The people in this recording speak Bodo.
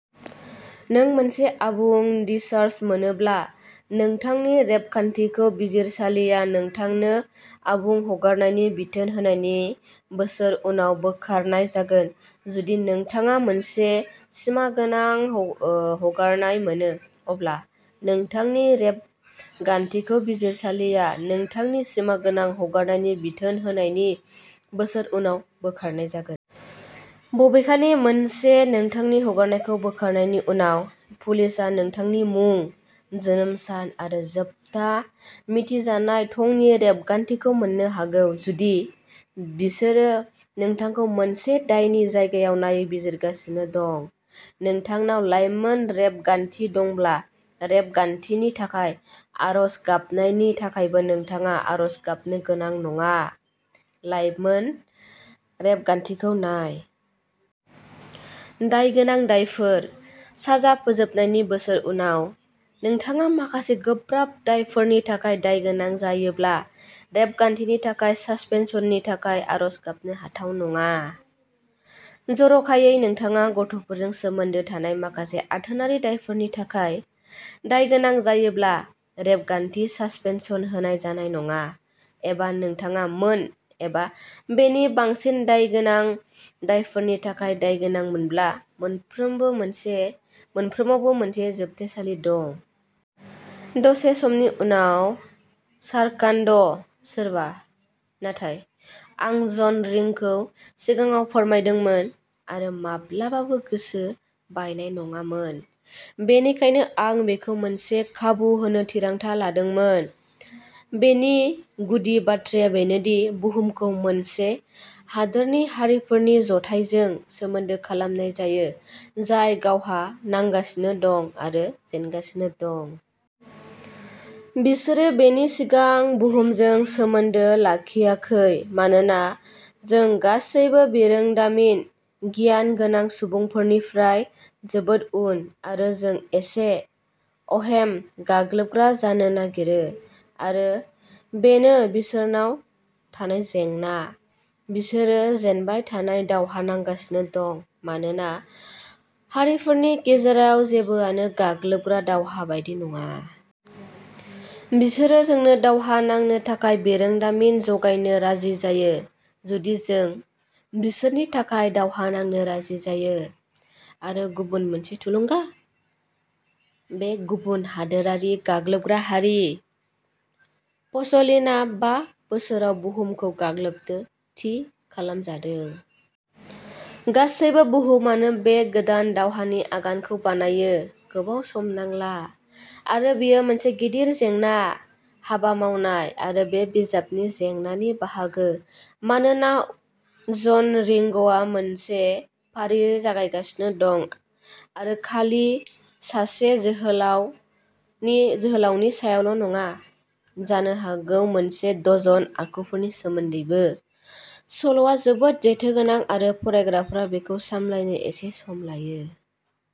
नों मोनसे आबुं डिसचार्ज मोनोब्ला, नोंथांनि रेबगान्थिखौ बिजिरसालिया नोंथांखौ आबुं हगारनायनि बिथोन होनायनि बोसोर उनाव बोखारनाय जागोन। जुदि नोंथाङा मोनसे सिमागोनां हगारनाय मोनो, अब्ला नोंथांनि रेबगान्थिखौ बिजिरसालिया नोंथांनि सिमागोनां हगारनायनि बिथोन होनायनि बोसोर उनाव बोखारनाय जागोन। बबेखानि, खेबसे नोंथांनि हगारनायखौ बोखारनायनि उनावबो, पुलिसआ नोंथांनि मुं, जोनोम सान आरो जोबथा मिथिजानाय थंनि रेबगान्थिखौ मोन्नो हागौ जुदि बिसोरो नोंथांखौ मोनसे दायनि जायगायाव नायबिजिरगासिनो दं। नोंथांनाव लाइमोन रेबगान्थि दंब्ला रेबगान्थिनि थाखाय आर'ज गाबनायनि थाखायबो नोंथाङा आर'ज गाबनो गोनां नङा, लाइमोन रेबगान्थि खोन्दोखौ नाय। दायगोनां दायफोरः साजा फोजोबनायनि बोसोर उनाव। नोंथाङा माखासे गोब्राब दायफोरनि थाखाय दायगोनां जायोब्ला रेबगान्थिनि थाखाय सासपेनसननि थाखाय आर'ज गाबनो हाथाव नङा। जर'खायै, नोंथाङा गथ'फोरजों सोमोन्दो थानाय माखासे आथोनारि दायफोरनि थाखाय दायगोनां जायोब्ला रेबगान्थि सासपेनसन होनाय जानाय नङा, एबा नोंथाङा मोन एबा बेनि बांसिन दायगोनां दायफोरनि थाखाय दायगोनां मोनब्ला, मोनफ्रोमावबो मोनसे जोबथेसालि दं। दसे समनि उनाव। शार्कनाड ', सोरबा? नाथाय आं जन रिंग'खौ सिगाङाव फरायदोंमोन, आरो माब्लाबाबो गोसो बायनाय नङामोन, बेनिखायनो आं बेखौ मोनसे खाबु होनो थिरांथा लादोंमोन। बेनि गुदि बाथ्राया बेनो दि बुहुमखौ मोनसे गुबुन हादोरारि हारिफोरनि जथायजों सोमोन्दो खालामनाय जायो जाय दावहा नांगासिनो दं आरो जेनगासिनो दं। बिसोरो बेनि सिगां बुहुमजों सोमोन्दो लाखियाखै मानोना जों गासैबो बिरोंदामिन गियान गोनां सुबुंफोरनिफ्राय जोबोद उन, आरो जों एसे, अहेम, गाग्लोबग्रा जानो नागिरो। आरो बेनो बिसोरनाव थानाय जेंना। बिसोरो जेनबाय थानाय दावहा नांगासिनो दं मानोना मोजां हारिफोरनि गेजेराव जेबोआनो गाग्लोबग्रा-दावहा बायदि नङा। बिसोरो जोंनो दावहा नांनो थाखाय बिरोंदामिन जगायनो राजि जायो जुदि जों बिसोरनि थाखाय दावहा नांनो राजि जायो। आरो गुबुन मोनसे थुलुंगा? बे गुबुन हादोरारि गाग्लोबग्रा हारि, पसलिनआ, बा बोसोराव बुहुमखौ गाग्लोबनो थि खालामजादों। गासै बुहुमानो बे गोदान दावहानि आगानखौ बायनो गोबाव सम नांला। आरो बेयो मोनसे गिदिर जेंना। हाबा मावनाय। आरो बे बिजाबनि जेंनानि बाहागो। मानोना जन रिंग'आ मोनसे फारि जागायगासिनो दं आरो खालि सासे जोहोलावनि सायावल'नङा, जानो हागौ मोनसे डजन आखुफोरनि सोमोन्दैबो, सल'आ जोबोद जेथोगोनां आरो फरायग्राया बेखौ सामलायनो एसे सम लायो।